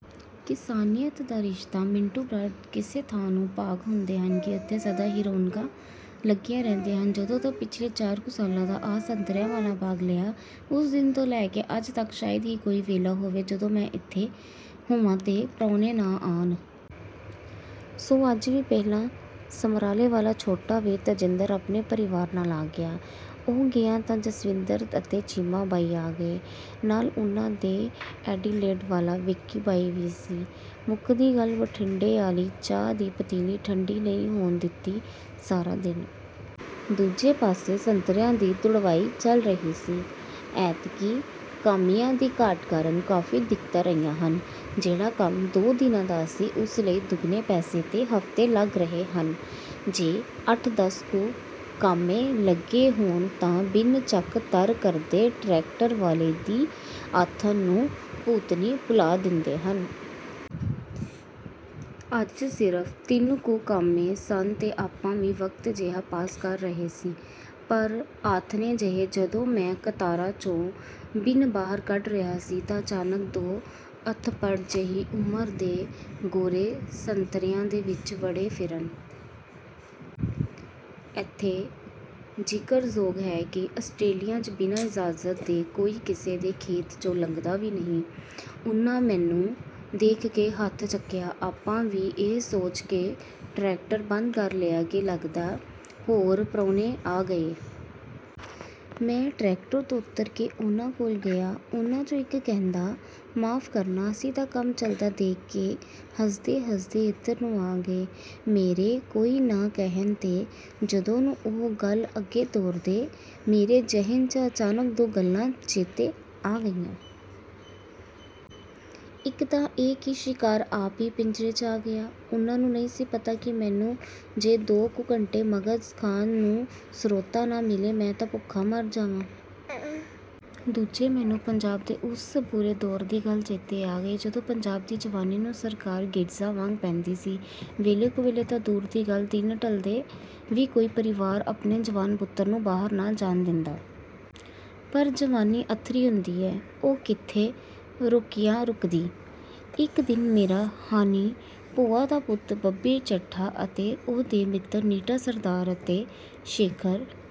ਕਿਸਾਨੀਅਤ ਦਾ ਰਿਸ਼ਤਾ – ਮਿੰਟੂ ਬਰਾੜ: ਕਿਸੇ ਥਾਂ ਨੂੰ ਭਾਗ ਹੁੰਦੇ ਹਨ ਕਿ ਉੱਥੇ ਸਦਾ ਹੀ ਰੌਣਕਾਂ ਲੱਗੀਆਂ ਰਹਿੰਦੀਆਂ ਹਨ। ਜਦੋਂ ਦਾ ਪਿਛਲੇ ਚਾਰ ਕੁ ਸਾਲਾਂ ਦਾ ਆਹ ਸੰਤਰਿਆਂ ਵਾਲਾ ਬਾਗ਼ ਲਿਆ, ਉਸ ਦਿਨ ਤੋਂ ਲੈ ਕੇ ਅੱਜ ਤੱਕ ਸ਼ਾਇਦ ਹੀ ਕੋਈ ਵੇਲਾ ਹੋਵੇ, ਜਦੋਂ ਮੈਂ ਇੱਥੇ ਹੋਵਾਂ ਤੇ ਪ੍ਰਾਹੁਣੇ ਨਾ ਆਉਣ। ਸੋ ਅੱਜ ਵੀ ਪਹਿਲਾਂ ਸਮਰਾਲੇ ਵਾਲਾ ਛੋਟਾ ਵੀਰ ਤੇਜਿੰਦਰ ਆਪਣੇ ਪਰਿਵਾਰ ਨਾਲ ਆ ਗਿਆ। ਉਹ ਗਿਆ ਤਾਂ ਜਸਵਿੰਦਰ ਅਤੇ ਚੀਮਾ ਬਾਈ ਆ ਗਏ। ਨਾਲ ਉਹਨਾਂ ਦੇ ਐਡੀਲੇਡ ਵਾਲਾ ਵਿਕੀ ਬਾਈ ਵੀ ਸੀ। ਮੁੱਕਦੀ ਗੱਲ, ਬਠਿੰਡੇ ਆਲ਼ੀ ਚਾਹ ਦੀ ਪਤੀਲੀ ਠੰਢੀ ਨਹੀਂ ਹੋਣ ਦਿੱਤੀ ਸਾਰਾ ਦਿਨ। ਦੂਜੇ ਪਾਸੇ ਸੰਤਰਿਆਂ ਦੀ ਤੁੜਵਾਈ ਚੱਲ ਰਹੀ ਸੀ। ਐਤਕੀਂ ਕਾਮਿਆਂ ਦੀ ਘਾਟ ਕਾਰਨ ਕਾਫ਼ੀ ਦਿੱਕਤਾਂ ਰਹੀਆਂ ਹਨ। ਜਿਹੜਾ ਕੰਮ ਦੋ ਦਿਨਾਂ ਦਾ ਸੀ, ਉਸ ਲਈ ਦੁੱਗਣੇ ਪੈਸੇ ਤੇ ਹਫ਼ਤੇ ਲੱਗ ਰਹੇ ਹਨ। ਜੇ ਅੱਠ-ਦੱਸ ਕੁ ਕਾਮੇ ਲੱਗੇ ਹੋਣ ਤਾਂ ਬਿੰਨ ਚੱਕ-ਧਰ ਕਰਦੇ ਟਰੈਕਟਰ ਵਾਲੇ ਦੀ ਆਥਣ ਨੂੰ ਭੂਤਨੀ ਭੂਲਾ ਦਿੰਦੇ ਹਨ। ਅੱਜ ਸਿਰਫ਼ ਤਿੰਨ ਕੁ ਕਾਮੇ ਸਨ ਤੇ ਆਪਾਂ ਵੀ ਵਕਤ ਜਿਹਾ ਪਾਸ ਕਰ ਰਹੇ ਸੀ। ਪਰ ਆਥਣੇ ਜਿਹੇ, ਜਦੋਂ ਮੈਂ ਕਤਾਰਾਂ 'ਚੋਂ ਬਿੰਨ ਬਾਹਰ ਕੱਢ ਰਿਹਾ ਸੀ, ਤਾਂ ਅਚਾਨਕ ਦੋ ਅਧਖੜ ਜਿਹੀ ਉਮਰ ਦੇ ਗੋਰੇ ਸੰਤਰਿਆਂ ਦੇ ਵਿਚ ਵੜੇ ਫਿਰਨ। ਇੱਥੇ ਜ਼ਿਕਰਯੋਗ ਹੈ ਕਿ ਆਸਟ੍ਰੇਲੀਆ 'ਚ ਬਿਨਾਂ ਇਜਾਜ਼ਤ ਦੇ ਕੋਈ ਕਿਸੇ ਦੇ ਖੇਤ 'ਚੋਂ ਲੰਘਦਾ ਵੀ ਨਹੀਂ। ਉਹਨਾਂ ਮੈਨੂੰ ਦੇਖ ਕੇ ਹੱਥ ਚੱਕਿਆ। ਆਪਾਂ ਵੀ ਇਹ ਸੋਚ ਕੇ ਟਰੈਕਟਰ ਬੰਦ ਕਰ ਲਿਆ ਕਿ ਲਗਦਾ ਹੋਰ ਪ੍ਰਾਹੁਣੇ ਆ ਗਏ! ਮੈਂ ਟਰੈਕਟਰ ਤੋਂ ਉੱਤਰ ਕੇ ਉਹਨਾਂ ਕੋਲ ਗਿਆ। ਉਹਨਾਂ 'ਚੋਂ ਇਕ ਕਹਿੰਦਾ, "ਮਾਫ਼ ਕਰਨਾ, ਅਸੀਂ ਤਾਂ ਕੰਮ ਚਲਦਾ ਦੇਖ ਕੇ ਹੱਸਦੇ-ਹੱਸਦੇ ਏਧਰ ਨੂੰ ਆ ਗ ਏ।" ਮੇਰੇ "ਕੋਈ ਨਾ" ਕਹਿਣ ਤੇ, ਜਦੋਂ ਨੂੰ ਉਹ ਗੱਲ ਅੱਗੇ ਤੋਰਦੇ, ਮੇਰੇ ਜ਼ਿਹਨ 'ਚ ਅਚਾਨਕ ਦੋ ਗੱਲਾਂ ਚੇਤੇ ਆ ਗਈਆਂ। ਇਕ ਤਾਂ ਇਹ ਕਿ ਸ਼ਿਕਾਰ ਆਪ ਹੀ ਪਿੰਜਰੇ 'ਚ ਆ ਗਿਆ। ਉਹਨਾਂ ਨੂੰ ਨਹੀਂ ਸੀ ਪਤਾ ਕਿ ਮੈਨੂੰ ਜੇ ਦੋ ਕੁ ਘੰਟੇ ਮਗ਼ਜ਼ ਖਾਣ ਨੂੰ ਸਰੋਤਾ ਨਾ ਮਿਲੇ, ਮੈਂ ਤਾਂ ਭੁੱਖਾ ਮਰ ਜਾਵਾਂ। ਦੂਜੇ, ਮੈਨੂੰ ਪੰਜਾਬ ਦੇ ਉਸ ਬੁਰੇ ਦੌਰ ਦੀ ਗੱਲ ਚੇਤੇ ਆ ਗਈ, ਜਦੋਂ ਪੰਜਾਬ ਦੀ ਜਵਾਨੀ ਨੂੰ ਸਰਕਾਰ ਗਿਰਝਾਂ ਵਾਂਗ ਪੈਂਦੀ ਸੀ। ਵੇਲੇ-ਕੁਵੇਲੇ ਤਾਂ ਦੂਰ ਦੀ ਗੱਲ, ਦਿਨ ਢਲਦੇ ਵੀ ਕੋਈ ਪਰਿਵਾਰ ਆਪਣੇ ਜਵਾਨ ਪੁੱਤਰ ਨੂੰ ਬਾਹਰ ਨਾ ਜਾਣ ਦਿੰਦਾ। ਪਰ ਜਵਾਨੀ ਅੱਥਰੀ ਹੁੰਦੀ ਹੈ, ਉਹ ਕਿੱਥੇ ਰੋਕਿਆਂ ਰੁਕਦੀ। ਇਕ ਦਿਨ ਮੇਰਾ ਹਾਣੀ ਭੂਆ ਦਾ ਪੁੱਤ ਬੱਬੀ ਚੱਠਾ ਅਤੇ ਉਹਦੇ ਮਿੱਤਰ ਨੀਟਾ ਸਰਦਾਰ ਅਤੇ ਸ਼ੇਖਰ...